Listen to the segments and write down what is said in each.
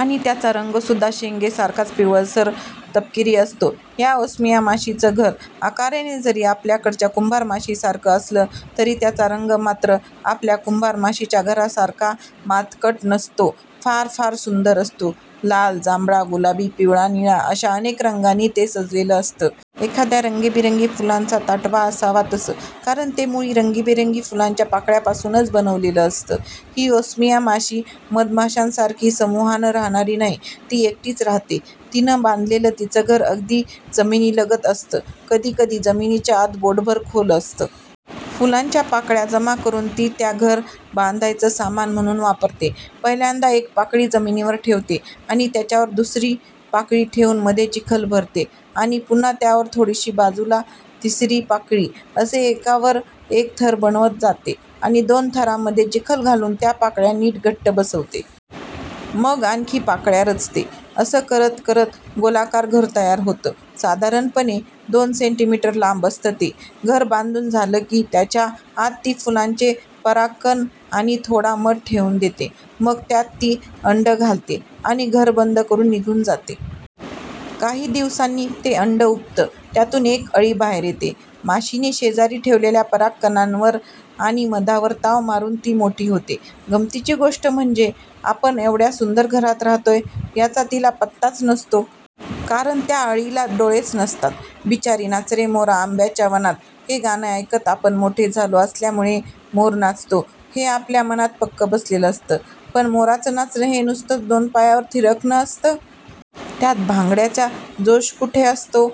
आणि त्याचा रंगसुद्धा शेंगेसारखाच पिवळसर तपकिरी असतो. या ओस्मिया माशीचं घर आकाराने जरी आपल्याकडच्या कुंभारमाशीसारखं असलं तरी त्याचा रंग मात्र आपल्या कुंभारमाशीच्या घरासारखा मातकट नसतो. फार फार सुंदर असतो. लाल, जांभळा, गुलाबी, पिवळा, निळा अशा अनेक रंगांनी ते सजलेलं असतं! एखाद्या रंगीबेरंगी फुलांचा ताटवा असावा तसं. कारण ते मुळी रंगीबेरंगी फुलांच्या पाकळ्यांपासूनच बनवलेलं असतं. ही ओस्मिया माशी मधमाशांसारखी समूहानं राहणारी नाही, ती एकटीच राहते. तिनं बांधलेलं तिचं घर अगदी जमिनीलगत असतं. कधीकधी जमिनीच्या आत बोटभर खोल असतं. फुलांच्या पाकळ्या जमा करुन ती त्या घर बांधायचं सामान म्हणून वापरते. पहिल्यांदा एक पाकळी जमिनीवर ठेवते आणि त्याच्यावर दुसरी पाकळी ठेवून मध्ये चिखल भरते आणि पुन्हा त्याच्यावर थोडीशी बाजूला तिसरी पाकळी. असे एकावर एक थर बनवत जाते आणि दोन थरांमध्ये चिखल घालून त्या पाकळ्या नीट घट्ट बसवते. मग आणखी पाकळ्या रचते. असं करत करत गोलाकार घर तयार होतं. साधारणपणे दोन सेंटीमीटर लांब असतं ते. घर बांधून झालं की त्याच्या आत ती फुलांचे परागकण आणि थोडा मध ठेवून देते. मग त्यात ती अंडं घालते आणि घर बंद करून निघून जाते. काही दिवसांनी ते अंडं उबतं. त्यातून एक अळी बाहेर येते. माशीने शेजारी ठेवलेल्या परागकणांवर आणि मधावर ताव मारून ती मोठी होते. गमतीची गोष्ट म्हणजे आपण एवढ्या सुंदर घरात राहतोय याचा तिला पत्ताच नसतो. कारण त्या अळीला डोळेच नसतात. बिचारी! '"नाच रे मोरा आंब्याच्या वनात"' हे गाणं ऐकत आपण मोठे झालो असल्यामुळे, मोर नाचतो, हे आपल्या मनात पक्कं बसलेलं असतं. पण मोराचं नाचणं हे नुसतंच दोन पायांवर थिरकणं असतं. त्यात भांगड्याचा जोश कुठे असतो?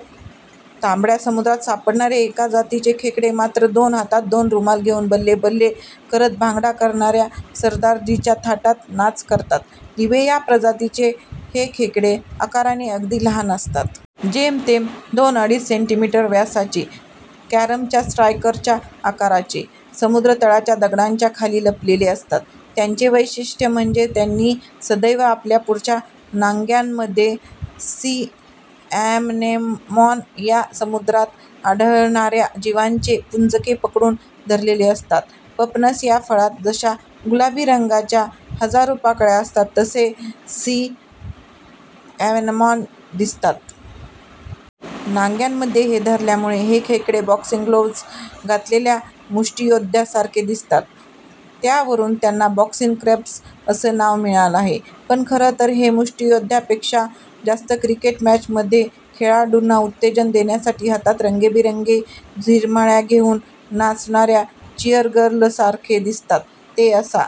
तांबड्या समुद्रात सापडणारे एका जातीचे खेकडे मात्र दोन हातात दोन रुमाल घेऊन 'बल्ले-बल्ले' करत भांगडा करणार्या सरदारजीच्या थाटात नाच करतात. लिबिया या प्रजातीचे हे खेकडे आकाराने अगदी लहान असतात. जेमतेम दोन-अडीच सेंटीमीटर व्यासाचे. कॅरमच्या स्ट्रायकरच्या आकाराचे. समुद्रतळाच्या दगडांच्या खाली लपलेले असतात. त्यांचं वैशिष्टय़ म्हणजे त्यांनी सदैव आपल्या पुढच्या नांग्यांमधे 'सी अॅनेमॉन' या समुद्रात आढळणार्या जीवांचे पुंजके पकडून धरलेले असतात. पपनस या फळात जशा गुलाबी रंगाच्या हजारो पाकळ्या असतात तसे हे 'सी अॅनेमॉन' दिसतात. नांग्यांमध्ये हे धरल्यामुळे हे खेकडे बॉक्सिंग ग्लोव्ज घातलेल्या मुष्टीयोद्ध्यासारखे दिसतात. त्यावरून त्यांना 'बॉक्सिंग क्रब्स' असं नाव मिळालं आहे. पण खरं तर ते मुष्टीयोद्ध्यापेक्षा जास्त क्रिकेट मॅचमध्ये, खेळाडूंना उत्तेजन देण्यासाठी हातात रंगीबेरंगी झिरमिळ्या घेऊन नाचणार्या चिअरगर्ल्ससारखे दिसतात. ते असा